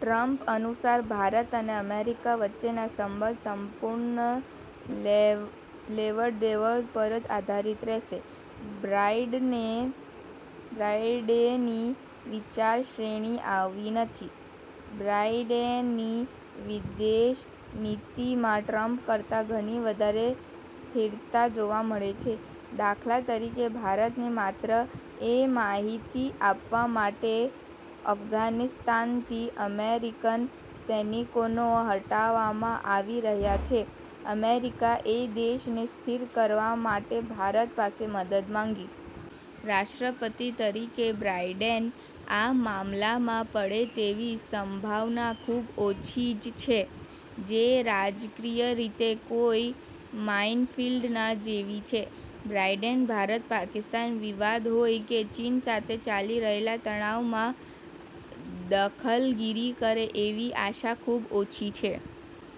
Trump અનુસાર ભારત અને America વચ્ચેના સંબંધો સંપૂર્ણપણે લેવડ-દેવડ પર જ આધારિત રહેશે. બાઇડેનની વિચારશ્રેણી આવી નથી. બાઇડેનની વિદેશ નીતિમાં ટ્રમ્પ કરતા ઘણી વધારે સ્થિરતા જોવા મળે છે. દાખલા તરીકે ભારતને માત્ર એ માહિતી આપવા માટે અફઘાનિસ્તાનથી અમેરિકન સૈનિકોને હટાવામાં આવી રહ્યા છે, અમેરિકા એ દેશને સ્થિર કરવા માટે ભારત પાસે મદદ માંગી. રાષ્ટ્રપતિ તરીકે બાઇડેન આ મામલામાં પડે તેવી સંભાવના ખુબ ઓછી જ છે, જે રાજકીય રીતે કોઇ માઇનફીલ્ડના જેવી છે. બાઇડેન ભારત-પાકિસ્તાન વિવાદ હોય કે ચીન સાથે ચાલી રહેલા તણાવમાં દખલગીરી કરે એવી આશા ખુબ ઓછી છે.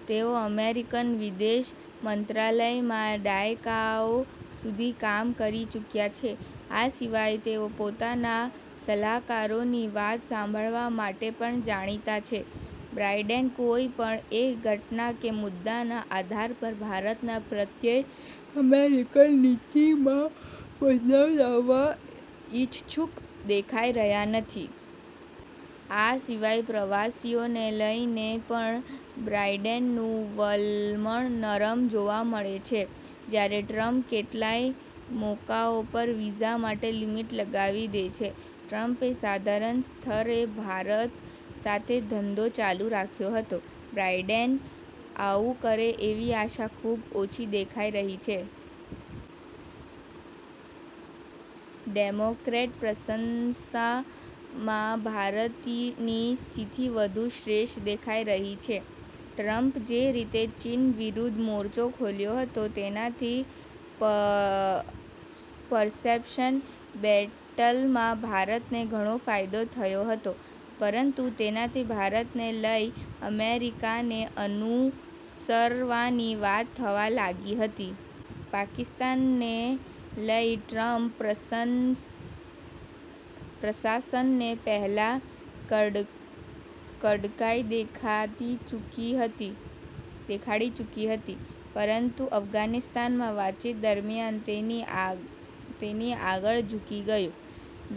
તેઓ અમેરિકન વિદેશ મંત્રાલયમાં દાયકાઓ સુધી કામ કરી ચૂકયા છે. આ સિવાય તેઓ પોતાના સલાહકારોની વાત સાંભળવા માટે પણ જાણીતા છે. બાઇડેન કોઇપણ એક ઘટના કે મુદ્દાના આધાર પર ભારતના પ્રત્યે અમેરિકન નીતિમાં બદલાવ લાવવાના ઇચ્છુક દેખાઈ રહ્યા નથી. આ સિવાય પ્રવાસીઓને લઇને પણ બાઇડેનનું વલણ નરમ જોવા મળે છે, જ્યારે ટ્રમ્પ કેટલાંય મોકાઓં પર વીઝા માટે લિમિટ લગાવી દે છે. ટ્રમ્પે સાધારણ સ્તરે ભારત સાથે ધંધો ચાલુ રાખ્યો હતો. બાઇડેન આવું કરે એવી આશા ખુબ ઓછી દેખાઈ રહી છે. ડેમોક્રેટ પ્રશાસનમાં ભારતની સ્થિતિ વધુ શ્રેષ્ઠ દેખાઇ રહી છે. ટ્રમ્પે જે રીતે ચીન વિરુદ્ધ મોરચો ખોલ્યો હતો તેનાથી પર્સેપ્શન બેટલમાં ભારતને ઘણો ફાયદો થયો હતો, પરંતુ તેનાથી ભારતને લઇ અમેરિકાને અનુસરવાની વાત થવા લાગી હતી. પાકિસ્તાનને લઇ ટ્રમ્પ પ્રશાસનને પહેલાં કડકાઇ દેખાડી ચુકી હતી, પરંતુ અફઘાનિસ્તાનમાં વાતચીત દરમિયાન તેની આગળ ઝૂકી ગયું.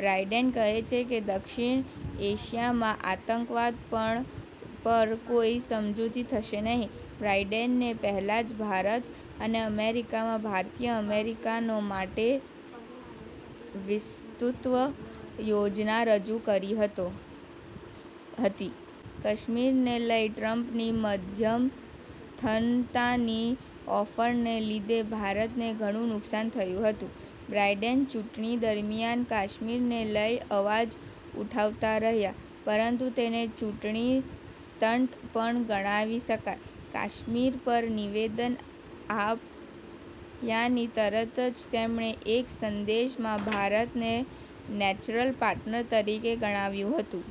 બાઇડેન કહે છે કે, દક્ષિણ એશિયામાં આતંકવાદ પર કોઇ સમજૂતી થશે નહીં. બાઇડેને પહેલાં જ ભારત અને અમેરિકામાં ભારતીય-અમેરિકનો માટે વિસ્તૃત યોજના રજુ કરી હતી. કાશ્મીરને લઇ ટ્રમ્પની મધ્યસ્થતાની ઓફરને લીધે ભારતને ઘણું નુકશાન થયું હતું. બાઇડેન ચુંટણી દરમિયાન કાશ્મીરને લઇ અવાજ ઉઠાવતા રહ્યા, પરંતુ તેને ચૂંટણી સ્ટંટ પણ ગણાવી શકાય. કાશ્મીર પર નિવેદન આપ્યાની તરત જ તેમણે એક સંદેશમાં ભારતને 'નેચરલ પાર્ટનર' તરીકે ગણાવ્યું હતું.